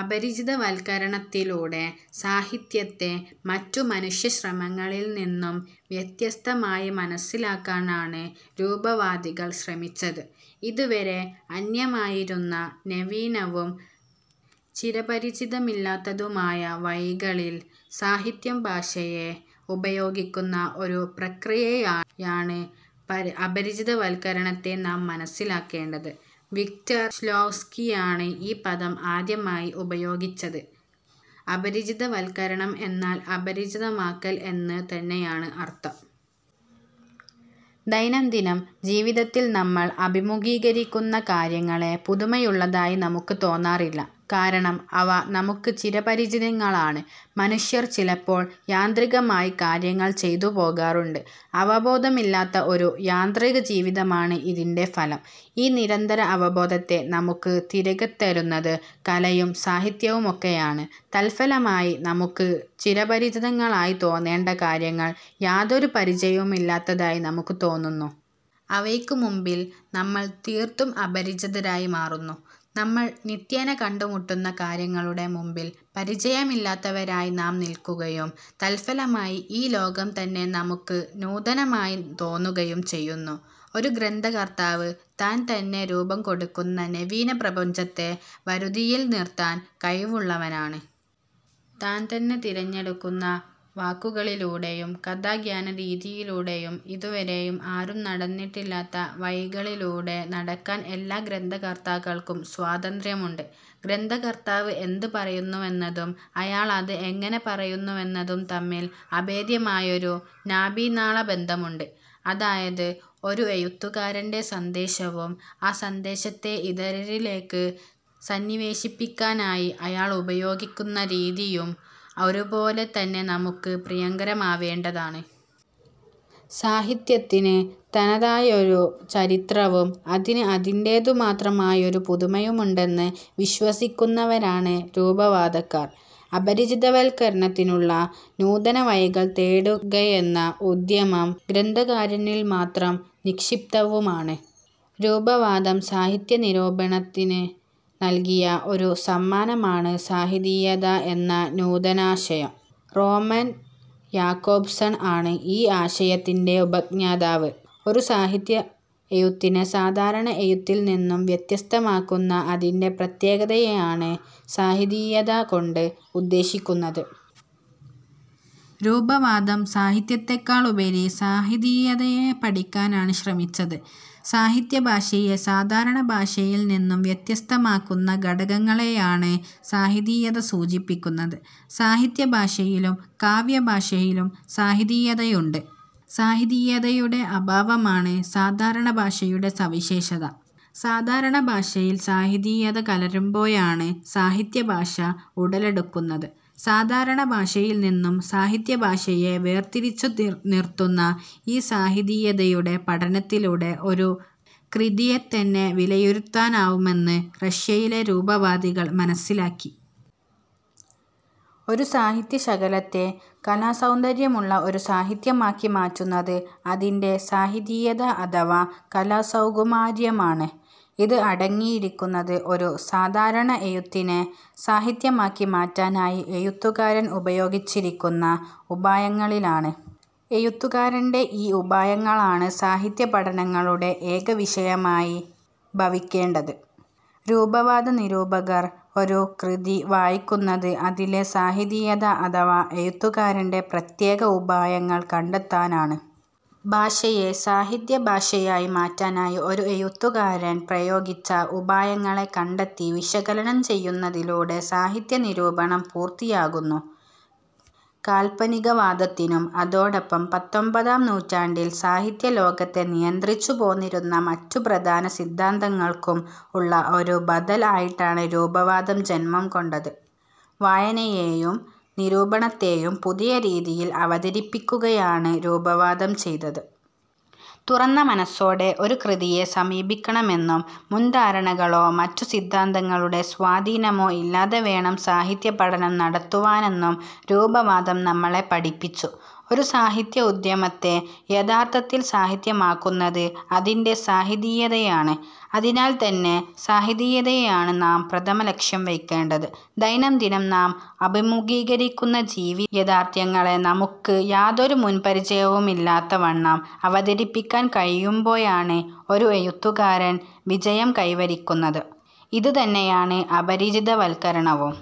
അപരിചിതവത്കരണത്തിലൂടെ സാഹിത്യത്തെ മറ്റു മനുഷ്യ ശ്രമങ്ങളിൽ നിന്നും വ്യത്യസ്തമായി മനസ്സിലാക്കാനാണ് രൂപവാദികൾ ശ്രമിച്ചത്. ഇതുവരെ അന്യമായിരുന്ന നവീനവും ചിരപരിചിതമില്ലാത്തതുമായ വഴികളിൽ സാഹിത്യം ഭാഷയെ ഉപയോഗിക്കുന്ന ഒരു പ്രക്രിയയായാണ് അപരിചിതവത്കരണത്തെ നാം മനസ്സിലാക്കേണ്ടത്. വിക്ടർ ഷ്ലോവ്സ്കിയാണ് ഈ പദം ആദ്യമായി ഉപയോഗിച്ചത്. അപരിചിതവത്കരണം എന്നാൽ അപരിചിതമാക്കൽ എന്ന് തന്നെയാണ് അർത്ഥം. ദൈനംദിനം ജീവിതത്തിൽ നമ്മൾ അഭിമുഖീകരിക്കുന്ന കാര്യങ്ങളെ പുതുമയുള്ളതായി നമുക്ക് തോന്നാറില്ല. കാരണം അവ നമുക്ക് ചിരപരിചിതങ്ങളാണ്. മനുഷ്യർ ചിലപ്പോൾ യാന്ത്രികമായി കാര്യങ്ങൾ ചെയ്തുപോകാറുണ്ട്. അവബോധമില്ലാത്ത ഒരു യാന്ത്രിക ജീവിതമാണ് ഇതിൻ്റെ ഫലം. ഈ നിരന്തര അവബോധത്തെ നമുക്ക് തിരകെത്തരുന്നത് കലയും സാഹിത്യവുമൊക്കെയാണ്. തൽഫലമായി നമുക്ക് ചിരപരിചിതങ്ങളായി തോന്നേണ്ട കാര്യങ്ങൾ യാതൊരു പരിചയവുമില്ലാത്തതായി നമുക്ക് തോന്നുന്നു. അവയ്ക്ക് മുമ്പിൽ നമ്മൾ തീർത്തും അപരിചിതരായി മാറുന്നു. നമ്മൾ നിത്യേന കണ്ടുമുട്ടുന്ന കാര്യങ്ങളുടെ മുമ്പിൽ പരിചയമില്ലാത്തവരായി നാം നിൽക്കുകയും, തത്ഫലമായി ഈ ലോകം തന്നെ നമുക്ക് നൂതനമായി തോന്നുകയും ചെയ്യുന്നു. ഒരു ഗ്രന്ഥകർത്താവ് താൻ തന്നെ രൂപം കൊടുക്കുന്ന നവീന പ്രപഞ്ചത്തെ വരുതിയിൽ നിർത്താൻ കഴിവുള്ളവനാണ്. താൻ തന്നെ തിരഞ്ഞെടുക്കുന്ന വാക്കുകളിലൂടെയും കഥാഖ്യാനരീതിയിലൂടെയും ഇതുവരെയും ആരും നടന്നിട്ടില്ലാത്ത വഴികളിലൂടെ നടക്കാൻ എല്ലാ ഗ്രന്ഥകർത്താക്കൾക്കും സ്വാതന്ത്ര്യമുണ്ട്. ഗ്രന്ഥകർത്താവ് എന്ത് പറയുന്നുവെന്നതും അയാൾ അത് എങ്ങനെ പറയുന്നുവെന്നതും തമ്മിൽ അഭേദ്യമായൊരു നാഭീനാള ബന്ധമുണ്ട്. അതായത്, ഒരു എഴുത്തുകാരൻ്റെ സന്ദേശവും ആ സന്ദേശത്തെ ഇതരരിലേക്ക് സന്നിവേശിപ്പിക്കാനായി അയാൾ ഉപയോഗിക്കുന്ന രീതിയും ഒരുപോലെ തന്നെ നമുക്ക് പ്രിയങ്കരമാവേണ്ടതാണ്. സാഹിത്യത്തിന് തനതായൊരു ചരിത്രവും അതിന് അതിന്റേതു മാത്രമായൊരു പുതുമയുമുണ്ടെന്ന് വിശ്വസിക്കുന്നവരാണ് രൂപവാദക്കാർ. അപരിചിതവത്കരണത്തിനുള്ള നൂതന വഴികൾ തേടുകയെന്ന ഉദ്യമം ഗ്രന്ഥകാരനിൽ മാത്രം നിക്ഷിപ്തവുമാണ്. രൂപവാദം സാഹിത്യ നിരൂപണത്തിന് നൽകിയ ഒരു സമ്മാനമാണ് സാഹിതീയത എന്ന നൂതനാശയം. റോമൻ യാക്കോബ്സൺ ആണ് ഈ ആശയത്തിൻ്റെ ഉപജ്ഞാതാവ്. ഒരു സാഹിത്യ എഴുത്തിനെ സാധാരണ എഴുത്തിൽ നിന്നും വ്യത്യസ്തമാക്കുന്ന അതിൻ്റെ പ്രത്യേകതയെയാണ് സാഹിതീയത കൊണ്ട് ഉദ്ദേശിക്കുന്നത്. രൂപവാദം സാഹിത്യത്തെക്കാളുപരി സാഹിതീയതയെ പഠിക്കാനാണ് ശ്രമിച്ചത്. സാഹിത്യ ഭാഷയെ സാധാരണ ഭാഷയിൽ നിന്നും വ്യത്യസ്തമാക്കുന്ന ഘടകങ്ങളെയാണ് സാഹിതീയത സൂചിപ്പിക്കുന്നത്. സാഹിത്യ ഭാഷയിലും കാവ്യഭാഷയിലും സാഹിതീയത ഉണ്ട്. സാഹിതീയതയുടെ അഭാവമാണ് സാധാരണ ഭാഷയുടെ സവിശേഷത. സാധാരണ ഭാഷയിൽ സാഹിതീയത കലരുമ്പോഴാണ് സാഹിത്യഭാഷ ഉടലെടുക്കുന്നത്. സാധാരണ ഭാഷയിൽ നിന്നും സാഹിത്യഭാഷയെ വേർതിരിച്ചു നിർത്തുന്ന ഈ സാഹിതീയതയുടെ പഠനത്തിലൂടെ ഒരു കൃതിയെത്തന്നെ വിലയിരുത്താനാവുമെന്ന് റഷ്യയിലെ രൂപവാദികൾ മനസ്സിലാക്കി. ഒരു സാഹിത്യ ശകലത്തെ കലാസൗന്ദര്യമുള്ള ഒരു സാഹിത്യമാക്കി മാറ്റുന്നത് അതിൻ്റെ സാഹിതീയത അഥവാ കലാസൗകുമാര്യമാണ്. ഇത് അടങ്ങിയിരിക്കുന്നത് ഒരു സാധാരണ എഴുത്തിനെ സാഹിത്യമാക്കി മാറ്റാനായി എഴുത്തുകാരൻ ഉപയോഗിച്ചിരിക്കുന്ന ഉപായങ്ങളിലാണ്. എഴുത്തുകാരൻ്റെ ഈ ഉപായങ്ങളാണ് സാഹിത്യ പഠനങ്ങളുടെ ഏക വിഷയമായി ഭവിക്കേണ്ടത്. രൂപവാദ നിരൂപകർ ഒരു കൃതി വായിക്കുന്നത് അതിലെ സാഹിതീയത അഥവാ എഴുത്തുകാരൻ്റെ പ്രത്യേക ഉപായങ്ങൾ കണ്ടെത്താനാണ്. ഭാഷയെ സാഹിത്യ ഭാഷയായി മാറ്റാനായി ഒരു എഴുത്തുകാരൻ പ്രയോഗിച്ച ഉപായങ്ങളെ കണ്ടെത്തി വിശകലനം ചെയ്യുന്നതിലൂടെ സാഹിത്യ നിരൂപണം പൂർത്തിയാകുന്നു. കാൽപ്പനികവാദത്തിനും അതോടൊപ്പം പത്തൊൻപതാം നൂറ്റാണ്ടിൽ സാഹിത്യ ലോകത്തെ നിയന്ത്രിച്ചു പോന്നിരുന്ന മറ്റു പ്രധാന സിദ്ധാന്തങ്ങൾക്കും ഉള്ള ഒരു ബദൽ ആയിട്ടാണ് രൂപവാദം ജന്മം കൊണ്ടത്. വായനയെയും നിരൂപണത്തെയും പുതിയ രീതിയിൽ അവതരിപ്പിക്കുകയാണ് രൂപവാദം ചെയ്തത്. തുറന്ന മനസ്സോടെ ഒരു കൃതിയെ സമീപിക്കണമെന്നും മുൻധാരണകളോ മറ്റു സിദ്ധാന്തങ്ങളുടെ സ്വാധീനമോ ഇല്ലാതെ വേണം സാഹിത്യ പഠനം നടത്തുവാനെന്നും രൂപവാദം നമ്മളെ പഠിപ്പിച്ചു. ഒരു സാഹിത്യ ഉദ്യമത്തെ യഥാർത്ഥത്തിൽ സാഹിത്യമാക്കുന്നത് അതിൻ്റെ സാഹിതീയതയാണ്. അതിനാൽത്തന്നെ സാഹിതീയതയെയാണ് നാം പ്രഥമത ലക്ഷ്യം വെയ്ക്കേണ്ടത്. ദൈനംദിനം നാം അഭിമുഖീകരിക്കുന്ന ജീവിത യാഥാർത്ഥ്യങ്ങളെ നമുക്ക് യാതൊരു മുൻപരിചയവും ഇല്ലാത്ത വണ്ണം അവതരിപ്പിക്കാൻ കഴിയുമ്പോഴാണ് ഒരു എഴുത്തുകാരൻ വിജയം കൈവരിക്കുന്നത്. ഇത് തന്നെയാണ് അപരിചിതവത്കരണവും.